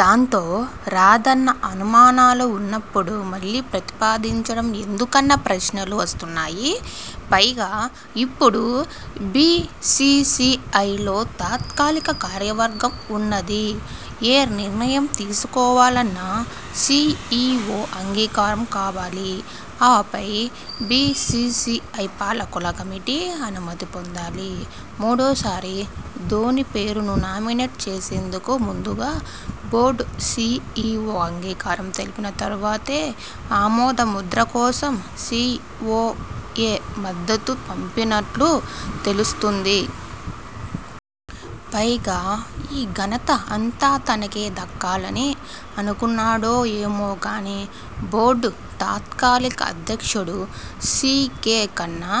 దాంతో, రాదన్న అనుమానాలు ఉన్నపుడు ఈ ప్రతిపాదించడం ఎందుకన్న ప్రశ్నలు వస్తున్నాయి. పైగా, ఇప్పుడు బీసీసీఐలో తాత్కాలిక కార్యవర్గం ఉన్నది. ఏ నిర్ణయం తీసుకోవాలన్నా సీఈవో అంగీకారం కావాలి ఆపై బీసీసీఐ పాలకుల కమిటీ అనుమతి పొందాలి. మూడోసారి ధోనీ పేరును నామినేట్ చేసేందుకు ముందుగా బోర్డు సీఈవో అంగీకారం తెలిపిన తర్వాతే ఆమోద ముద్ర కోసం సీవోఏ వద్దకు పంపినట్టు తెలుస్తోంది. పైగా, ఈ ఘనత అంతా తనకే దక్కాలని అనుకున్నాడో ఏమో గానీ బోర్డు తాత్కాలిక అధ్యక్షుడు సీకే ఖన్నా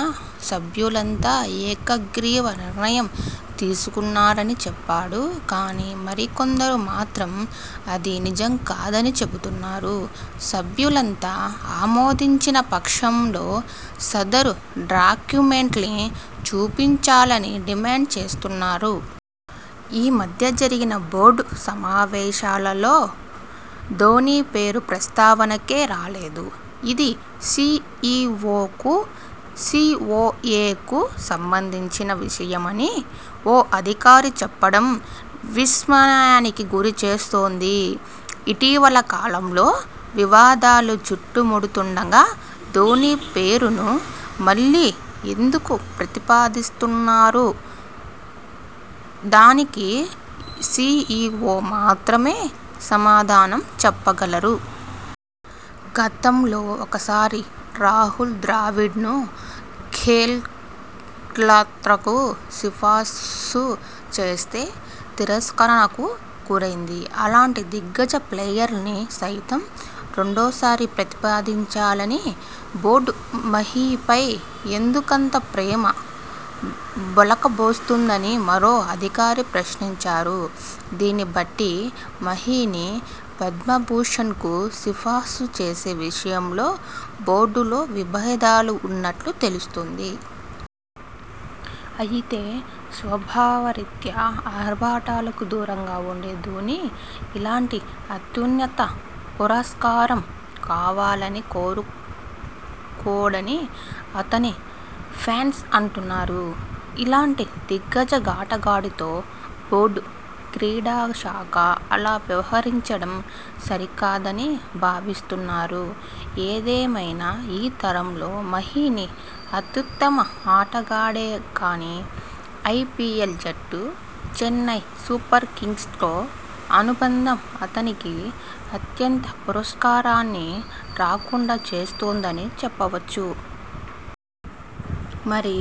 సభ్యులంతా ఏకగ్రీవ నిర్ణయం తీసుకున్నారని చెప్పాడు. కానీ, మరికొందరు మాత్రం అది నిజం కాదని చెబుతున్నారు. సభ్యులంతా ఆమోదించిన పక్షంలో సదరు డాక్యుమెంట్ను చూపించాలని డిమాండ్ చేస్తున్నారు. 'ఈ మధ్య జరిగిన బోర్డు సమావేశాల్లో ధోనీ పేరు ప్రస్తావనకే రాలేదు. ఇది సీఈవోకు సీవోఏకు సంబంధించిన విషయమ'ని ఓ అధికారి చెప్పడం విస్మయానికి గురిచేస్తోంది. 'ఇటీవల కాలంలో వివాదాలు చుట్టుముడుతుండగా ధోనీ పేరును మళ్లీ ఎందుకు ప్రతిపాదిస్తున్నారు? దానికి సీఈవో మాత్రమే సమాధానం చెప్పగలరు. గతంలో ఒకసారి రాహుల్ ద్రావిడ్ను ఖేల్రత్నకు సిఫారసు చేస్తే తిరస్కరణకు గురైంది. అలాంటి దిగ్గజ ప్లేయర్ను సైతం రెండోసారి ప్రతిపాదించని బోర్డు మహీపై ఎందుకంత ప్రేమ ఒలకబోస్తోంద'ని మరో అధికారి ప్రశ్నించారు. దీన్ని బట్టి మహీని పద్మభూషణ్కు సిఫారసు చేసే విషయంలో బోర్డులో విభేదాలు ఉన్నట్టు తెలుస్తోంది. అయితే, స్వభావరీత్యా ఆర్భాటాలకు దూరంగా ఉండే ధోనీ ఇలాంటి అత్యున్నత పురస్కారం కావాలని కోరుకోడని అతని ఫ్యాన్స్ అంటున్నారు. అలాంటి దిగ్గజ ఆటగాడితో బోర్డు, క్రీడాశాఖ ఇలా వ్యవహరించడం సరికాదని భావిస్తున్నారు. ఏదేమైనా ఈతరంలో మహీని అత్యుత్తమ ఆటగాడే.! కానీ, ఐపీఎల్ జట్టు చెన్నై సూపర్ కింగ్స్తో అనుబంధం అతనికి అత్యున్నత పురస్కారాన్ని రాకుండా చేస్తోందని చెప్పొచ్చు. మరి,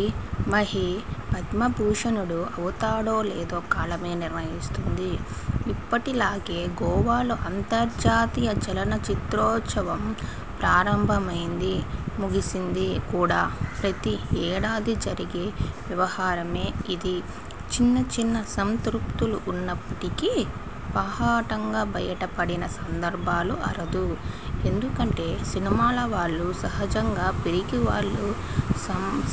మహీ పద్మభూషణుడు అవుతాడో లేదో కాలమే నిర్ణయిస్తుంది.! ఎప్పటిలాగే గోవాలో అంతర్జాతీయ చలనచిత్రోత్సవం ప్రారంభమైంది. ముగిసింది కూడా. ప్రతి ఏడాదీ జరిగే వ్యవహారమే ఇది. చిన్న చిన్న అసంతృప్తులు ఉన్నప్పటికీ బాహాటంగా బయటపడిన సందర్భాలు అరుదు. ఎందుకంటే సినిమావాళ్లు సహజంగా పిరికివాళ్లు.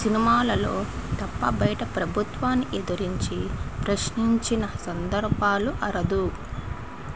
సినిమాల్లో తప్ప బయట ప్రభుత్వాన్ని ఎదిరించి ప్రశ్నించిన సందర్భాలు అరుదు.